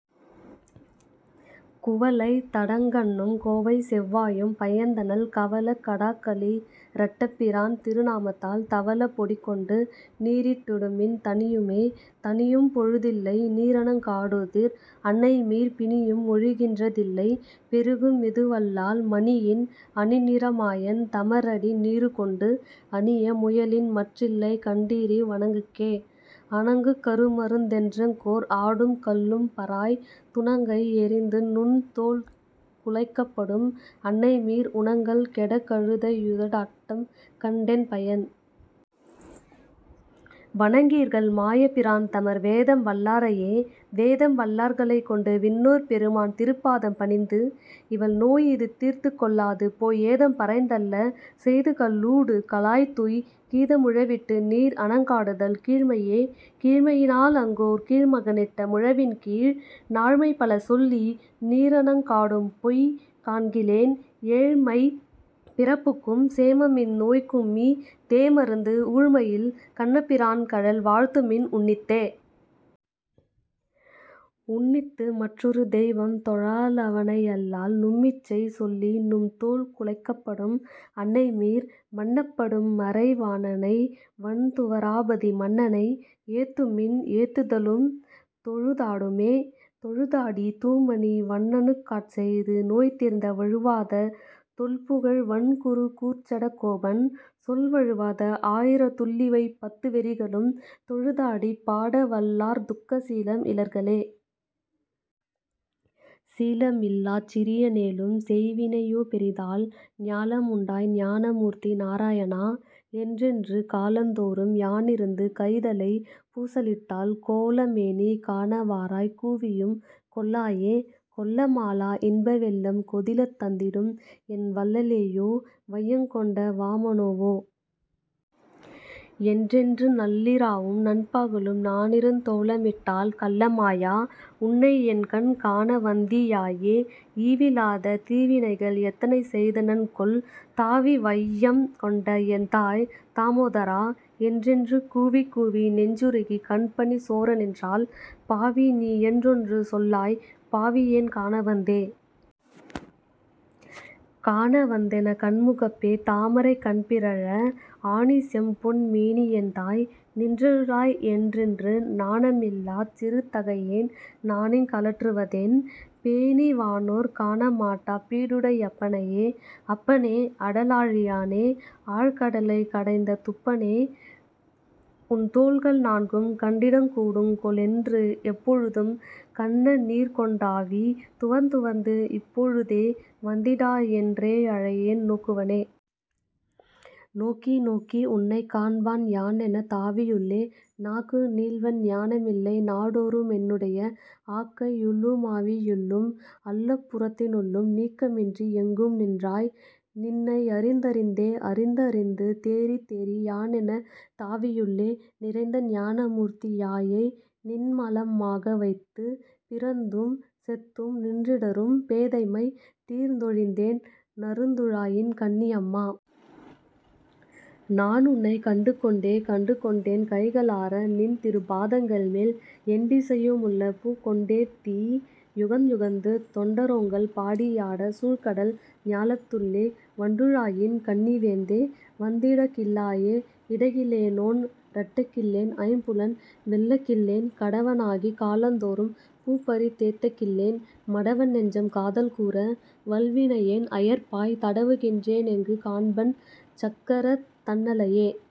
குவளைத் தடங்கண்ணும் கோவைச்செவ்வாயும் பயந்தனள், கவளக் கடாக்களி றட்டபிரான்திரு நாமத்தால், தவளப் பொடிக்கொண்டு நீரிட்டிடுமின் தணியுமே.. தணியும் பொழுதில்லை நீரணங்காடுதிர் அன்னைமீர், பிணியும் ஒழிகின்ற தில்லை பெருகு மிதுவல்லால், மணியின் அணிநிற மாயன் தமரடி நீறுகொண்டு, அணிய முயலின்மற் றில்லைகண்டீரிவ் வணங்குக்கே.. அணங்குக் கருமருந் தென்றங்கோர் ஆடும்கள் ளும்பராய் துணங்கை யெறிந்துநுந் தோள்குலைக்கப்படும் அன்னைமீர், உணங்கல் கெடக்கழு தையுதடாட்டம்கண் டென்பயன்? வணங்கீர்கள் மாயப் பிரான்தமர் வேதம்வல் லாரையே.. வேதம்வல் லார்களைக் கொண்டுவிண்ணோர்பெரு மான்திருப் பாதம் பணிந்து, இவள் நோயிது தீர்த்துக்கொள் ளாதுபோய் ஏதம் பறைந்தல்ல செய்துகள்ளூடு கலாய்த்தூய், கீத முழவிட்டு நீர் அணங் காடுதல் கீழ்மையே.. கீழ்மையினா லங்கோர் கீழ்மகனிட்ட முழவின்கீழ், நாழ்மை பலசொல்லி நீரணங்காடும்பொய் காண்கிலேன், ஏழ்மைப் பிறப்புக்கும் சேமமிந் நோய்க்குமீ தேமருந்து, ஊழ்மையில் கண்ணபி ரான்கழல் வாழ்த்துமின் உன்னித்தே.. உன்னித்து மற்றொரு தெய்வம்தொழாளவ னையல்லால், நும்மிச்சை சொல்லிநும் தோள்குலைக்கப்படும் அன்னைமீர், மன்னப் படும்மறை வாணனை வண்துவ ராபதி மன்னனை, ஏத்துமின் ஏத்துதலும்தொழு தாடுமே. தொழுதாடி தூமணி வண்ணனுக்காட்செய்து நோய்தீர்ந்த வழுவாத தொல்புகழ் வண்குருகூர்ச்சட கோபன், சொல் வழுவாத ஆயிரத் துள்ளிவை பத்து வெறிகளும், தொழுதாடிப் பாடவல் லார்துக்க சீலம் இலர்களே. சீலம் இல்லாச் சிறிய னேலும் செய்வினை யோபெரிதால், ஞாலம் உண்டாய் ஞானமூர்த்தி நாராய ணா. என்றென்று, காலந் தோறும் யானிருந்து கைதலை பூசலிட்டால் கோல மேனி காண வாராய் கூவியும் கொள்ளாயே.. கொள்ள மாளா இன்ப வெள்ளம் கொதில தந்திடும், என் வள்ள லேயோ. வையங் கொண்ட வாமனா வோ. என்றென்று, நள்ளி ராவும் நண்பகலும் நானிருந் தோலமிட்டால், கள்ள மாயா. உன்னை யென்கண் காணவந் தீயாயே.. ஈவி லாத தீவினைகள் எத்தனை செய்த னன்கொல்? தாவி வையம் கொண்ட எந்தாய். தாமோதரா. என்றென்று கூவிக் கூவி நெஞ்சுருகிக் கண்பனி சோர நின்றால், பாவி நீயென் றொன்று சொல்லாய் பாவியேன் காணவந்தே.. காண வந்தென கண்முகப்பே தாமரைக் கண்பிறழ, ஆணி செம்பொன் மேனியெந்தாய். நின்றருளாய் என்றென்று, நாண மில்லாச் சிறுதகையேன் நானிங் கலற்றுவதென், பேணி வானோர் காணமாட்டாப் பீடுடை யப்பனையே?. அப்ப னே. அட லாழியானே, ஆழ்கட லைக்கடைந்த துப்ப னே, உன் தோள்கள் நான்கும் கண்டிடக்கூடுங் கொலென்று, எப்பொ ழுதும் கண்ண நீர்கொண் டாவி துவர்ந்துவர்ந்து, இப்போ ழுதே வந்தி டாயென் றேழையேன் நோக்குவனே.. நோக்கி நோக்கி உன்னைக் காண்பான் யானென தாவியுள்ளே, நாக்கு நீள்வன் ஞான மில்லை நாடோ று மென்னுடைய, ஆக்கை யுள்ளூ மாவி யுள்ளும் அல்லபு றத்தினுள்ளும், நீக்க மின்றி யெங்கும் நின்றாய். நின்னை யறிந்தறிந்தே.. அறிந்த றிந்து தேறித் தேறி யானென தாவியுள்ளே, நிறைந்த ஞான மூர்த்தி யாயை நின்மல மாகவைத்து, பிறந்தும் செத்தும் நின்றிடறும் பேதைமை தீர்ந்தொ ழிந்தேன் நறுந்து ழாயின் கண்ணி யம்மா. நானுன்னைக் கண்டுகொண்டே.. கண்டு கொண்டென் கைக ளார நின்திருப் பாதங்கள்மேல், எண்டி சையு முள்ள பூக்கொண் டேத்தி யுகந்துகந்து, தொண்ட ரோங்கள் பாடி யாடச் சூழ்கடல் ஞாலத்துள்ளே, வண்டு ழாயின் கண்ணி வேந்தே. வந்திட கில்லாயே.. இடகி லேனோன் றட்ட கில்லேன் ஐம்புலன் வெல்லகில்லேன், கடவ னாகிக் காலந் தோறும் பூப்பறித் தேத்தகில்லேன், மடவன் நெஞ்சம் காதல் கூர வல்வினை யேன்அயர்ப்பாய், தடவு கின்றே னெங்குக் காண்பன் சக்கரத் தண்ணலையே?.